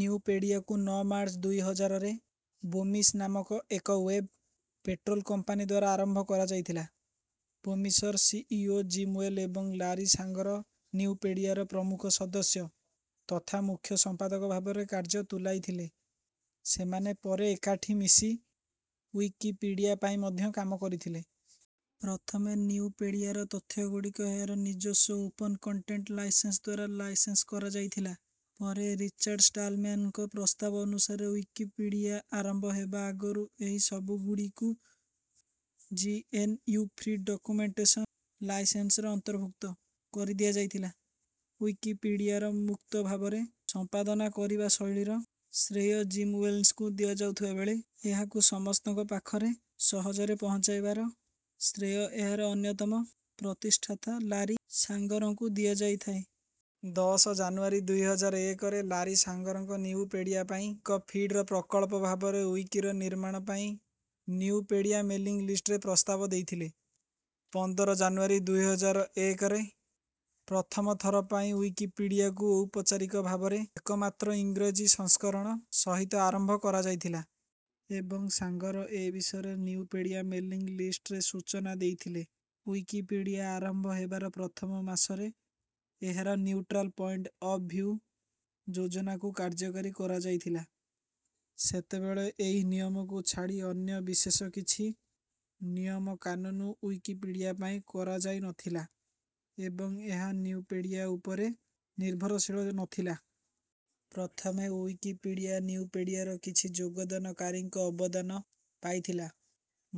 ନ୍ୟୁପେଡ଼ିଆକୁ ନଅ ମାର୍ଚ୍ଚ ଦୁଇ ହଜାର ରେ ବୋମିସ ନାମକ ଏକ ୱେବ ପେଟ୍ରୋଲ କମ୍ପାନୀଦ୍ୱାରା ଆରମ୍ଭ କରାଯାଇଥିଲା। ବୋମିସର C. E. O. Jimmy Wales ଏବଂ ଲାରି ସାଙ୍ଗର ନ୍ୟୁପେଡ଼ିଆର ପ୍ରମୁଖ ସଦସ୍ୟ ତଥା ମୁଖ୍ୟ ସମ୍ପାଦକ ଭାବରେ କାର୍ଯ୍ୟ ତୁଲାଇଥିଲେ। ସେମାନେ ପରେ ଏକାଠି ମିଶି ଉଇକିପିଡ଼ିଆ ପାଇଁ ମଧ୍ୟ କାମ କରିଥିଲେ। ପ୍ରଥମେ ନ୍ୟୁପେଡ଼ିଆର ତଥ୍ୟ ଗୁଡ଼ିକୁ ଏହାର ନିଜସ୍ୱ ଓପନ କଣ୍ଟେଣ୍ଟ ଲାଇସେନ୍ସଦ୍ୱାରା ଲାଇସେନ୍ସ କରାଯାଇଥିଲା। ପରେ ରିଚାର୍ଡ ଷ୍ଟାଲମ୍ୟାନଙ୍କ ପ୍ରସ୍ତାବ ଅନୁସାରେ ଉଇକିପିଡ଼ିଆ ଆରମ୍ଭ ହେବା ଆଗରୁ ଏହି ସବୁ ଗୁଡ଼ିକୁ G. N. U. Free documentation ଲାଇସେନ୍ସର ଅନ୍ତର୍ଭୁକ୍ତ କରିଦିଆଯାଇଥିଲା। ଉଇକିପିଡ଼ିଆର ମୁକ୍ତ ଭାବରେ ସମ୍ପାଦନା କରିବା ଶୈଳୀ ର ଶ୍ରେୟ ଜିମ ୱେଲ୍ସଙ୍କୁ ଦିଆଯାଉଥିବା ବେଳେ ଏହାକୁ ସମସ୍ତଙ୍କ ପାଖରେ ସହଜରେ ପହଞ୍ଚାଇବାର ଶ୍ରେୟ ଏହାର ଅନ୍ଯତମ ପ୍ରତିଷ୍ଠାତା ଲାରି ସାଙ୍ଗରଙ୍କୁ ଦିଆଯାଇଥାଏ। ଦଶ ଜାନୁଆରୀ ଦୁଇ ହଜାର ଏକରେ ଲାରି ସାଙ୍ଗରଙ୍କ ନ୍ୟୁପେଡ଼ିଆ ପାଇଁ ଏକ ଫିଡର ପ୍ରକଳ୍ପ ଭାବରେ ଉଇକିର ନିର୍ମାଣ ପାଇଁ ନ୍ୟୁପେଡ଼ିଆ ମେଲିଂ ଲିଷ୍ଟରେ ପ୍ରସ୍ତାବ ଦେଇଥିଲେ। ପନ୍ଦର ଜାନୁଆରୀ ଦୁଇ ହଜାର ଏକରେ ପ୍ରଥମ ଥର ପାଇଁ ଉଇକିପିଡ଼ିଆକୁ ଔପଚାରିକ ଭାବରେ ଏକମାତ୍ର ଇଂରାଜୀ ସଂସ୍କରଣ ସହିତ ଆରମ୍ଭ କରଯାଇଥିଲା। ଏବଂ ସାଙ୍ଗର ଏ ବିଷୟରେ ନ୍ୟୁପେଡ଼ିଆ ମେଲିଂ ଲିଷ୍ଟରେ ସୂଚନା ଦେଇଥିଲେ। ଉଇକିପିଡ଼ିଆ ଆରମ୍ଭ ହେବାର ପ୍ରଥମ ମାସରେ ଏହାର ନ୍ୟୁଟ୍ରାଲ ପଏଣ୍ଟ ଅଫ ଭିୟୁ ଯୋଜନାକୁ କାର୍ଯ୍ୟକାରୀ କରଯାଇଥିଲା। ସେତେବେଳେ ଏହି ନିୟମକୁ ଛାଡ଼ି ଅନ୍ୟ ବିଶେଷ କିଛି ନିୟମ କାନୁନ ଉଇକିପିଡ଼ିଆପାଇଁ କରାଯାଇ ନଥିଲା ଏବଂ ଏହା ନ୍ୟୁପେଡ଼ିଆ ଉପରେ ନିର୍ଭରଶୀଳ ନଥିଲା। ପ୍ରଥମେ ଉଇକିପିଡ଼ିଆ ନ୍ୟୁପେଡ଼ିଆର କିଛି ଯୋଗଦାନକାରୀଙ୍କ ଅବଦାନ ପାଇଥିଲା।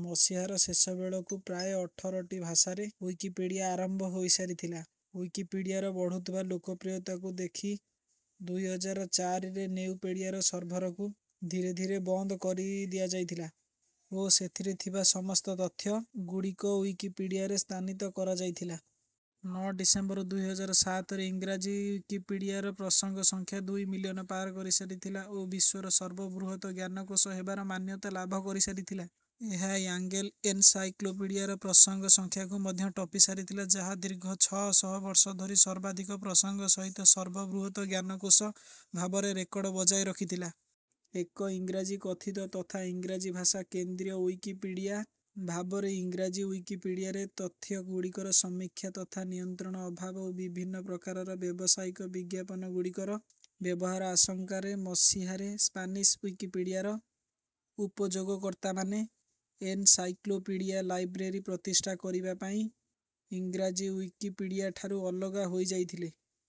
ମସିହାର ଶେଷ ବେଳକୁ ପ୍ରାୟ ଅଠରଟି ଭାଷାରେ ଉଇକିପିଡ଼ିଆ ଆରମ୍ଭ ହୋଇସାରିଥିଲା। ଉଇକିପିଡ଼ିଆର ବଢୁଥିବା ଲୋକପ୍ରିୟତାକୁ ଦେଖି ଦୁଇ ହଜାର ଚାରି ରେ ନ୍ୟୁପେଡ଼ିଆର ସର୍ଭରକୁ ଧୀରେ ଧୀରେ ବନ୍ଦ କରିଦିଆଯାଇଥିଲା ଓ ସେଥିରେ ଥିବା ସମସ୍ତ ତଥ୍ୟ ଗୁଡ଼ିକ ଉଇକିପିଡ଼ିଆରେ ସ୍ଥାନିତ କରଯାଇଥିଲା। ନଅ ଡ଼ିସେମ୍ବର ଦୁଇ ହଜାର ସାତରେ ଇଂରାଜୀ ଉଇକିପିଡ଼ିଆରେ ପ୍ରସଙ୍ଗ ସଂଖ୍ୟା ଦୁଇ ମିଲିୟନ ପାର କରିସାରିଥିଲା ଓ ବିଶ୍ୱର ସର୍ବବୃହତ ଜ୍ଞାନକୋଷ ହେବାର ମାନ୍ୟତା ଲାଭ କରିସାରିଥିଲା। ଏହା ୟାଙ୍ଗେଲ ଏନସାଇକ୍ଳୋପିଡ଼ିଆର ପ୍ରସଙ୍ଗ ସଂଖ୍ୟାକୁ ମଧ୍ୟ ଟପିସାରିଥିଲା ଯାହା ଦୀର୍ଘ ଛଅ ଶହ ବର୍ଷ ଧରି ସର୍ବାଧିକ ପ୍ରସଙ୍ଗ ସହିତ ସର୍ବବୃହତ ଜ୍ଞାନକୋଷ ଭାବରେ ରେକର୍ଡ ବଜାୟ ରଖିଥିଲା। ଏକ ଇଂରାଜୀ କଥିତ ତଥା ଇଂରାଜୀ ଭାଷା କେନ୍ଦ୍ରୀୟ ଉଇକିପିଡ଼ିଆ ଭାବରେ ଇଂରାଜୀ ଉଇକିପିଡ଼ିଆରେ ତଥ୍ୟ ଗୁଡ଼ିକର ସମୀକ୍ଷା ତଥା ନିୟନ୍ତ୍ରଣ ଅଭାବ ଓ ବିଭିନ୍ନ ପ୍ରକାରର ବ୍ଯବସାୟିକ ବିଜ୍ଞାପନ ଗୁଡ଼ିକର ବ୍ୟବହାର ଆଶଙ୍କାରେ ମଶିହାରେ ସ୍ପାନିସ ଉଇକିପିଡ଼ିଆର ଉପଯୋଗକର୍ତ୍ତାମାନେ ଏନସାଇକ୍ଳୋପିଡ଼ିଆ ଲାଇବ୍ରେରୀ ପ୍ରତିଷ୍ଠା କରିବା ପାଇଁ ଇଂରାଜୀ ଉଇକିପିଡ଼ିଆଠାରୁ ଅଲଗା ହୋଇଯାଇଥିଲେ।